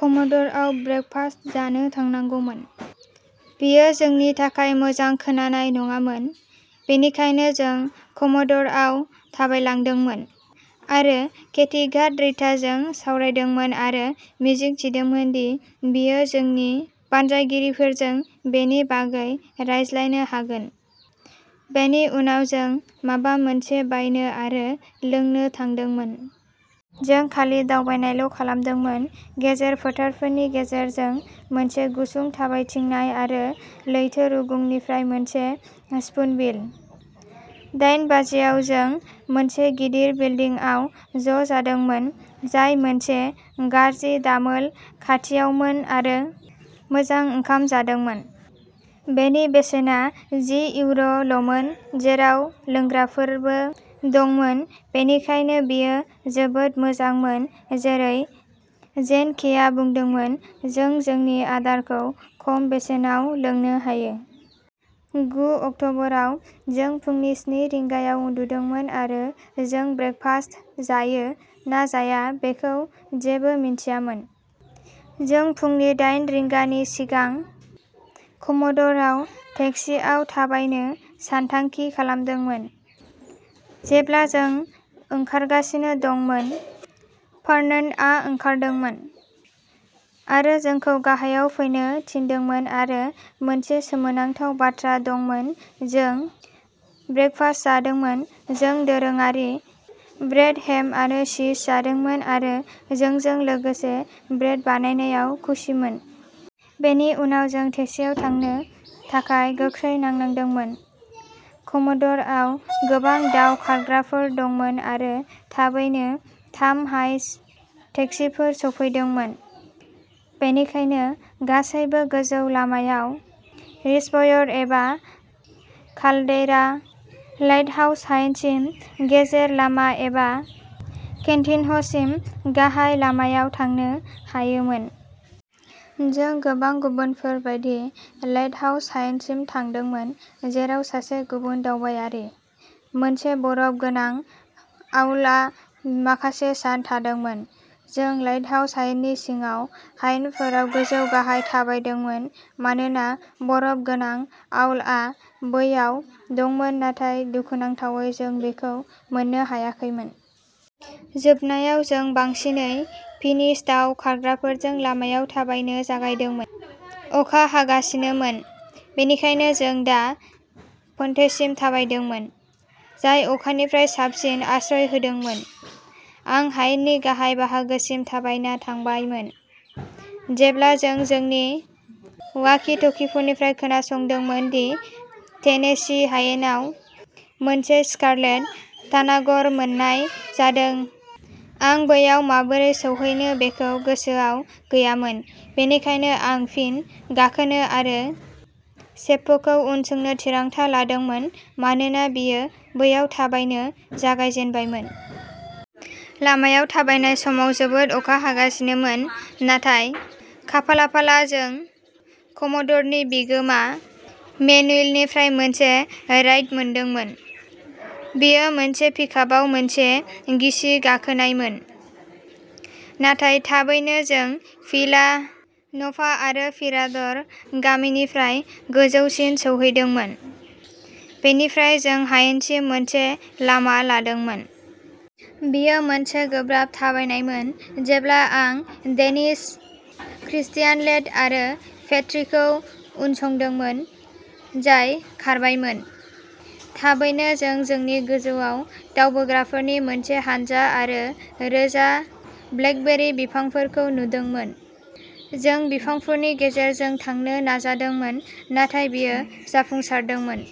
कम'ड'र'आव breakfast जानो थांनांगौमोन। बेयो जोंनि थाखाय मोजां खोनानाय नङामोन, बेनिखायनो जों कम'ड'र'आव थाबायलांदोंमोन आरो केथी काट रिताजों सावरायदोंमोन आरो मिजिं थिदोंमोन दि बियो जोंनि बानजायगिरिफोरजों बेनि बागै रायज्लायनो हागोन। बेनि उनाव जों माबा मोनसे बायनो आरो लोंनो थांदोंमोन। जों खालि दावबायनायल' खालामदोंमोन, गेजेर फोथारफोरनि गेजेरजों मोनसे गुसुं थाबायथिंनाय आरो लैथो रुगुंनिफ्राय मोनसे स्पुनबिल। दायेन बाजियाव जों मोनसे गिदिर बिल्डिंआव ज'जादोंमोन, जाय मोनसे गाज्रि दामोल खाथियावमोन आरो मोजां ओंखाम जादोंमोन। बेनि बेसेना जि इउर' ल'मोन, जेराव लोंग्राफोरबो दंमोन बेनिखायनो बेयो जोबोद मोजांमोन जेरै जेन केआ बुंदोंमोन जों जोंनि आदारखौ खम बेसेनाव लोंनो हायो। गु अक्ट'बराव जों फुंनि स्नि रिंगायाव उन्दुदोंमोन आरो जों ब्रेकफास्ट जायो ना जाया बेखौ जेबो मिन्थियामोन, जों फुंनि दायेन रिंगानि सिगां कम'ड'र'आव टेक्सिआव थाबायनो सानथांखि खालामदोंमोन। जेब्ला जों ओंखारगासिनो दंमोन, फर्नान्ड'आ ओंखारदोंमोन। आरो जोंखौ गाहायाव फैनो थिनदोंमोन आरो मोनसे सोमोनांथाव बाथ्रा दंमोन जों ब्रेकफास्ट जादोंमोन जों दोरोङारि ब्रेड, हेम आरो चीज जादोंमोन आरो जोंजों लोगोसे ब्रेड बानायनायाव खुसिमोन। बेनि उनाव जों टेक्सिआव थांनो थाखाय गोख्रै नांनांदोंमोन। कम'डर'आव गोबां दाव खारग्राफोर दंमोन आरो थाबैनो थाम हाइस टेक्सिफोर सौफैदोंमोन। बेनिखायनो गासैबो गोजौ लामायाव रिसर्वायर एबा काल्डेइरा, लाइटहाउस हायेनिसिम गेजेर लामा एबा केन्टिनह'सिम गाहाय लामायाव थांनो हायोमोन। जों, गोबां गुबुनफोर बायदि, लाइटहाउस हायेनसिम थांदोंमोन जेराव सासे गुबुन दावबायारि, मोनसे बरफ गोनां आउलआ माखासे सान थादोंमोन। जों लाइटहाउस हायेननि सिगाङाव हायेनफोराव गोजौ-गाहाय थाबायदोंमोन मानोना बरफ गोनां आउलआ बैयाव दंमोन नाथाय दुखुनांथावै जों बेखौ मोननो हायाखैमोन। जोबनायाव जों बांसिनै फिनिश दाव खारग्राफोरजों लामायाव थाबायनो जागायदोंमोन। अखा हागासिनोमोन, बेनिखायनो जों दा पन्टेसिम थाबायदोंमोन। जाय अखानिफ्राय साबसिन आश्रय होदोंमोन। आं हायेननि गाहाय बाहागोसिम थाबायना थांबायमोन, जेब्ला जों जोंनि वाकि-टकिफोरनिफ्राय खोनादोंमोन दि टेनेसि हायेनाव मोनसे स्कारलेट तानागर मोननाय जादों आं बैयाव माबोरै सौहैनो बेखौ गोसोआव गैयामोन, बेनिखायनो आं फिन गाखोनो आरो सेप्प'खौ उनसंनो थिरांथा लादोंमोन मानोना बियो बैयाव थाबायनो जागायजेनबायमोन। लामायाव थाबायनाय समाव जोबोद अखा हागासिनोमोन, नाथाय खाफालाफाला जों कम'डर'नि बिगोमा मेनुएलनिफ्राय मोनसे राइड मोनदोंमोन। बेयो मोनसे पिकआपआव मोनसे गिसि गाखोनायमोन, नाथाय थाबैनो जों भिला नभा आरो मिराड'र' गामिनिफ्राय गोजौसिम सौहैदोंमोन। बेनिफ्राय जों हायेनसिम मोनसे लामा लादोंमोन। बेयो मोनसे गोब्राब थाबायनायमोन जेब्ला आं डेनिश क्रिस्टियान लेथ आरो पेट्रिखौ उनसंदोंमोन, जाय खारबायमोन। थाबैनो जों जोंनि गोजौआव दावबोग्राफोरनि मोनसे हानजा आरो रोजा ब्लेकबेरी बिफांफोरखौ नुदोंमोन। जों बिफांफोरनि गेजेरजों थांनो नाजादोंमोन नाथाय बेयो जाफुंसारदोंमोन।